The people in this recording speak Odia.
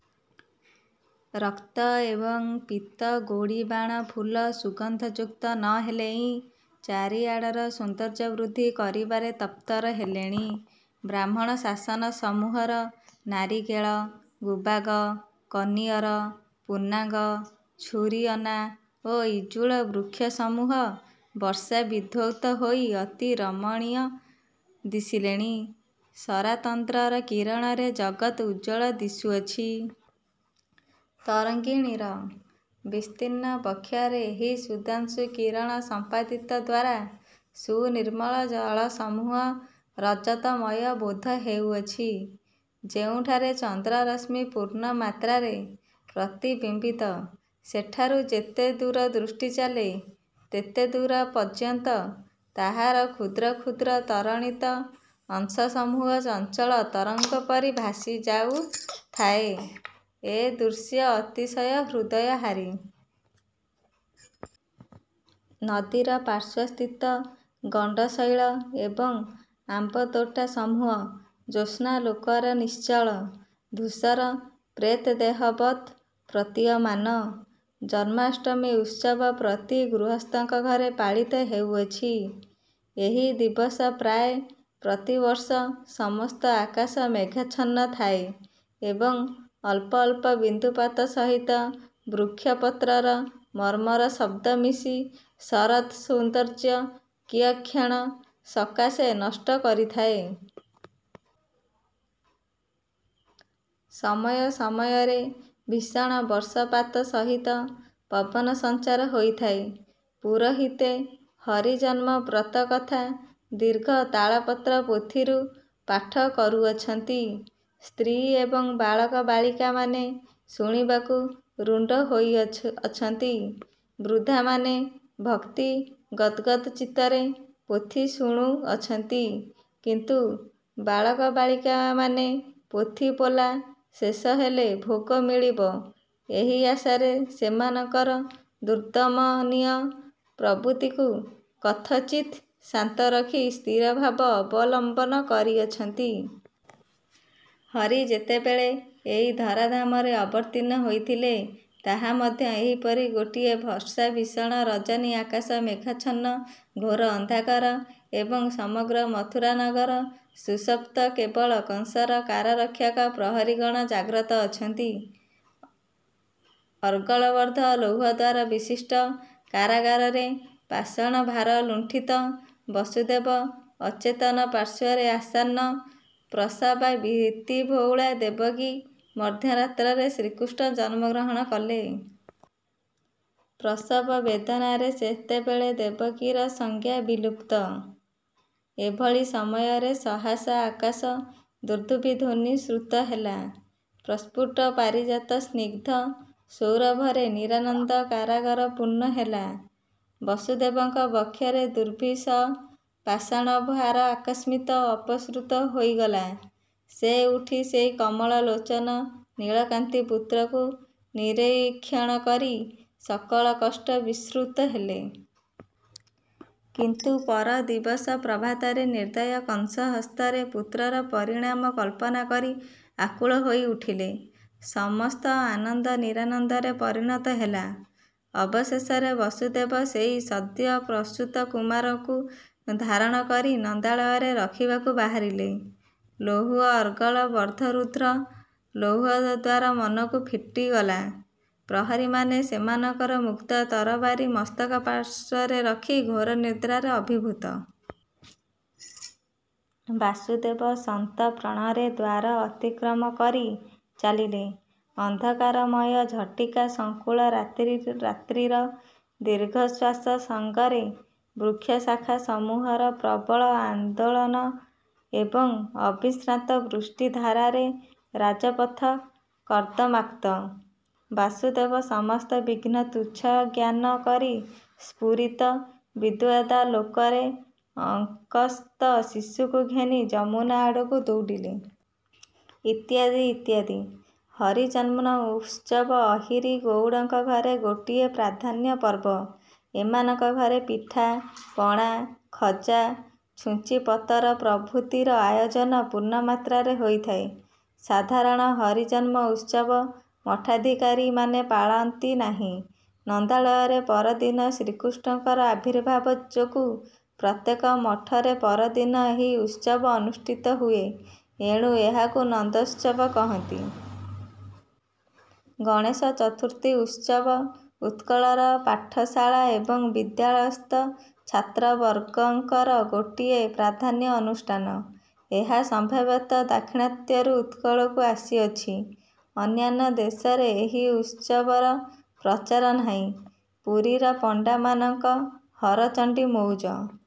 ରକ୍ତ ଏବଂ ପୀତ ଗୋଡ଼ିବାଣ ଫୁଲ ସୁଗନ୍ଧଯୁକ୍ତ ନ ହେଲେହେଁ ଚାରିଆଡ଼ର ସୌନ୍ଦର୍ଯ୍ୟବୃଦ୍ଧି କରିବାରେ ତତ୍ପର ହେଲେଣି। ବ୍ରାହ୍ମଣ ଶାସନ ସମୂହର ନାରିକେଳ, ଗୁବାକ, କନିଅର, ପୁନ୍ନାଗ, ଛୁରିଅନା, ଓ ଇଜ୍ଜୁଳ ବୃକ୍ଷସମୂହ ବର୍ଷାବିଧୌତ ହୋଇ ଅତି ରମଣୀୟ ଦିଶିଲେଣି। ଶରାତନ୍ଦ୍ରର କିରଣରେ ଜଗତ୍ ଉଜ୍ଜ୍ୱଳ ଦିଶୁଅଛି। ତରଙ୍ଗିଣୀର ବିସ୍ତୀର୍ଣ୍ଣ ବକ୍ଷରେ ଏହି ସୁଧାଂଶୁ କିରଣସମ୍ପାଦିତଦ୍ୱାରା ସୁନିର୍ମଳ ଜଳସମୂହ ରଜତମୟ ବୋଧ ହେଉଅଛି। ଯେଉଁଠାରେ ଚନ୍ଦ୍ରରଶ୍ମି ପୂର୍ଣ୍ଣମାତ୍ରାରେ ପ୍ରତିବିମ୍ୱିତ ସେଠାରୁ ଯେତେଦୂର ଦୃଷ୍ଟି ଚାଲେ, ତେତେଦୂର ପର୍ଯ୍ୟନ୍ତ ତାହାର କ୍ଷୁଦ୍ର କ୍ଷୁଦ୍ର ତରଳିତ ଅଂଶସମୂହ ଚଞ୍ଚଳ ତରଙ୍ଗୋପରି ଭାସି ଯାଉଥାଏ ଏ ଦୃଶ୍ୟ ଅତିଶୟ ହୃଦୟହାରୀ! ନଦୀର ପାର୍ଶ୍ୱସ୍ଥିତ ଗଣ୍ଡଶୈଳ ଏବଂ ଆମ୍ୱତୋଟା ସମୂହ ଜ୍ୟୋତ୍ସ୍ନାଲୋକରେ ନିଶ୍ଚଳ, ଧୂସର ପ୍ରେତଦେହବତ୍ ପ୍ରତୀୟମାନ ଜନ୍ମାଷ୍ଟମୀ ଉତ୍ସବ ପ୍ରତି ଗୃହସ୍ଥଙ୍କ ଘରେ ପାଳିତ ହେଉଅଛି। ଏହି ଦିବସ ପ୍ରାୟ ପ୍ରତି ବର୍ଷ ସମସ୍ତ ଆକାଶ ମେଘାଚ୍ଛନ୍ନ ଥାଏ ଏବଂ ଅଳ୍ପ ଅଳ୍ପ ବିନ୍ଦୁପାତ ସହିତ ବୃକ୍ଷପତ୍ରର ମର୍ମର ଶବ୍ଦ ମିଶି ଶରତ୍ ସୌନ୍ଦର୍ଯ୍ୟ କିୟକ୍ଷଣ ସକାଶେ ନଷ୍ଟ କରିଥାଏ। ସମୟ ସମୟରେ ଭୀଷଣ ବର୍ଷ ପାତ ସହିତ ପବନସଞ୍ଚାର ହୋଇଥାଏ। ପୁରୋହିତେ ହରିଜନ୍ମ ବ୍ରତ କଥା ଦୀର୍ଘ ତାଳପତ୍ର ପୋଥିରୁ ପାଠ କରୁଅଛନ୍ତି, ସ୍ତ୍ରୀ ଏବଂ ବାଳକ ବାଳିକାମାନେ ଶୁଣିବାକୁ ରୁଣ୍ଡ ହୋଇଅଛ ଅଛନ୍ତି। ବୃଦ୍ଧାମାନେ ଭକ୍ତି ଗଦ୍ଗଦ ଚିତ୍ତରେ ପୋଥି ଶୁଣୁଅଛନ୍ତି, କିନ୍ତୁ ବାଳକ ବାଳିକାମାନେ ପୋଥିବୋଲା ଶେଷ ହେଲେ ଭୋଗ ମିଳିବ ଏହି ଆଶାରେ ସେମାନଙ୍କର ଦୁର୍ଦମନୀୟ ପ୍ରବୃତ୍ତିକୁ କଥଞ୍ଚିତ୍ ଶାନ୍ତ ରଖି ସ୍ଥିରଭାବ ଅବଲମ୍ୱନ କରିଅଛନ୍ତି। ହରି ଯେତେବେଳେ ଏହି ଧରାଧାମରେ ଅବତୀର୍ଣ୍ଣ ହୋଇଥିଲେ ତାହା ମଧ୍ୟ ଏହିପରି ଗୋଟିଏ ବର୍ଷାଭୀଷଣ ରଜନୀ ଆକାଶ ମେଘାଚ୍ଛନ୍ନ, ଘୋରାନ୍ଧକାର ଏବଂ ସମଗ୍ର ମଥୁରା ନଗର ସୁଷୁପ୍ତ କେବଳ କଂସର କାରାରକ୍ଷକ ପ୍ରହରିଗଣ ଜାଗ୍ରତ ଅଛନ୍ତି। ଅର୍ଗଳବଦ୍ଧ ଲୌହଦ୍ୱାରବିଶିଷ୍ଠ କାରାଗାରରେ ପାଷାଣଭାରଲୁଣ୍ଠିତ ବସୁଦେବ ଅଚେତନ ପାର୍ଶ୍ୱରେ ଆସନ୍ନ ପ୍ରସବା ଭୀତିବିହ୍ୱଳା ଦେବକୀ; ମଧ୍ୟରାତ୍ରରେ ଶ୍ରୀକୃଷ୍ଣ ଜନ୍ମଗ୍ରହଣ କଲେ। ପ୍ରସବବେଦନାରେ ସେତେବେଳେ ଦେବକୀର ସଂଜ୍ଞା ବିଲୁପ୍ତ। ଏଭଳି ସମୟରେ ସହସା ଆକାଶ ଦୁନ୍ଦୁଭି ଧ୍ୱନି ଶ୍ରୁତ ହେଲା, ପ୍ରସ୍ଫୁଟ ପାରିଜାତ ସ୍ନିଗ୍ଧ ସୌରଭରେ ନିରାନନ୍ଦ କାରାଗାର ପୂର୍ଣ୍ଣ ହେଲା, ବସୁଦେବଙ୍କ ବକ୍ଷର ଦୁର୍ବିସହ ପାଷାଣଭାର ଅକସ୍ମାତ୍ ଅପସୃତ ହୋଇଗଲା! ସେ ଉଠି ସେହି କମଳଲୋଚନ ନୀଳକାନ୍ତି ପୁତ୍ରକୁ ନିରୀକ୍ଷଣ କରି ସକଳ କଷ୍ଟ ବିସ୍ମୃତ ହେଲେ। କିନ୍ତୁ ପରଦିବସ ପ୍ରଭାତରେ ନିର୍ଦୟ କଂସ ହସ୍ତରେ ପୁତ୍ରର ପରିଣାମ କଳ୍ପନା କରି ଆକୁଳ ହୋଇ ଉଠିଲେ, ସମସ୍ତ ଆନନ୍ଦ ନିରାନନ୍ଦରେ ପରିଣତ ହେଲା। ଅବଶେଷରେ ବସୁଦେବ ସେହି ସଦ୍ୟଃପ୍ରସୂତ କୁମାରଙ୍କୁ ଧାରଣ କରି ନନ୍ଦାଳୟରେ ରଖିବାକୁ ବାହାରିଲେ, ଲୌହ ଅର୍ଗଳ ବଦ୍ଧ ରୁଦ୍ଧ ଲୌହଦ୍ୱାର ମନକୁ ଫିଟିଗଲା, ପ୍ରହରିମାନେ ସେମାନଙ୍କର ମୁକ୍ତ ତରବାରି ମସ୍ତକପାର୍ଶ୍ୱରେ ରଖି ଘୋର ନିଦ୍ରାରେ ଅଭିଭୂତ। ବାସୁଦେବ ସନ୍ତର୍ପଣରେ ଦ୍ୱାର ଅତିକ୍ରମ କରି ଚାଲିଲେ। ଅନ୍ଧକାରମୟ, ଝଟିକା ସଂକୁଳ ରାତ୍ରିର ଦୀର୍ଘଶ୍ୱାସ ସଙ୍ଗରେ ବୃକ୍ଷଶାଖାସମୂହର ପ୍ରବଳ ଆନ୍ଦୋଳନ ଏବଂ ଅବିଶ୍ରାନ୍ତ ବୃଷ୍ଟିଧାରାରେ ରାଜପଥ କର୍ଦମାକ୍ତ। ବାସୁଦେବ ସମସ୍ତ ବିଘ୍ନ ତୁଚ୍ଛ ଜ୍ଞାନ କରି ସ୍ଫୁରିତ ବିଦ୍ୟୁଦାଲୋକରେ ଅଙ୍କସ୍ଥ ଶିଶୁକୁ ଘେନି ଯମୁନା ଆଡ଼କୁ ଦଉଡ଼ିଲେ। ଇତ୍ୟାଦି, ଇତ୍ୟାଦି। ହରିଜନ୍ମ ଉତ୍ସବ ଅହିରି ଗଉଡ଼ଙ୍କ ଘରେ ଗୋଟିଏ ପ୍ରଧାନ ପର୍ବ। ଏମାନଙ୍କ ଘରେ ପିଠା, ପଣା, ଖଜା, ଛୁଞ୍ଚିପତର ପ୍ରଭୃତିର ଆୟୋଜନ ପୂର୍ଣ୍ଣମାତ୍ରାରେ ହୋଇଥାଏ। ସାଧାରଣ ହରିଜନ୍ମ ଉତ୍ସବ ମଠାଧିକାରିମାନେ ପାଳନ୍ତି ନାହିଁ। ନନ୍ଦାଳୟରେ ପରଦିନ ଶ୍ରୀକୃଷ୍ଣଙ୍କର ଆବିର୍ଭାବ ଯୋଗୁଁ ପ୍ରତ୍ୟେକ ମଠରେ ପରଦିନ ଏହି ଉତ୍ସବ ଅନୁଷ୍ଠିତ ହୁଏ ଏଣୁ ଏହାକୁ ନନ୍ଦୋତ୍ସବ କହନ୍ତି। ଗଣେଶଚତୁର୍ଥୀ ଉତ୍ସବ ଉତ୍କଳରେ ପାଠଶାଳା ଏବଂ ବିଦ୍ୟାଳୟସ୍ଥ ଛାତ୍ରବର୍ଗଙ୍କର ଗୋଟିଏ ପ୍ରଧାନ ଅନୁଷ୍ଠାନ। ଏହା ସମ୍ଭବତଃ ଦାକ୍ଷିଣାତ୍ୟରୁ ଉତ୍କଳକୁ ଆସିଅଛି। ଅନ୍ୟାନ୍ୟ ଦେଶରେ ଏହି ଉତ୍ସବର ପ୍ରଚାର ନାହିଁ। ପୁରୀର ପଣ୍ଡାମାନଙ୍କ ହରଚଣ୍ଡୀ ମଉଜ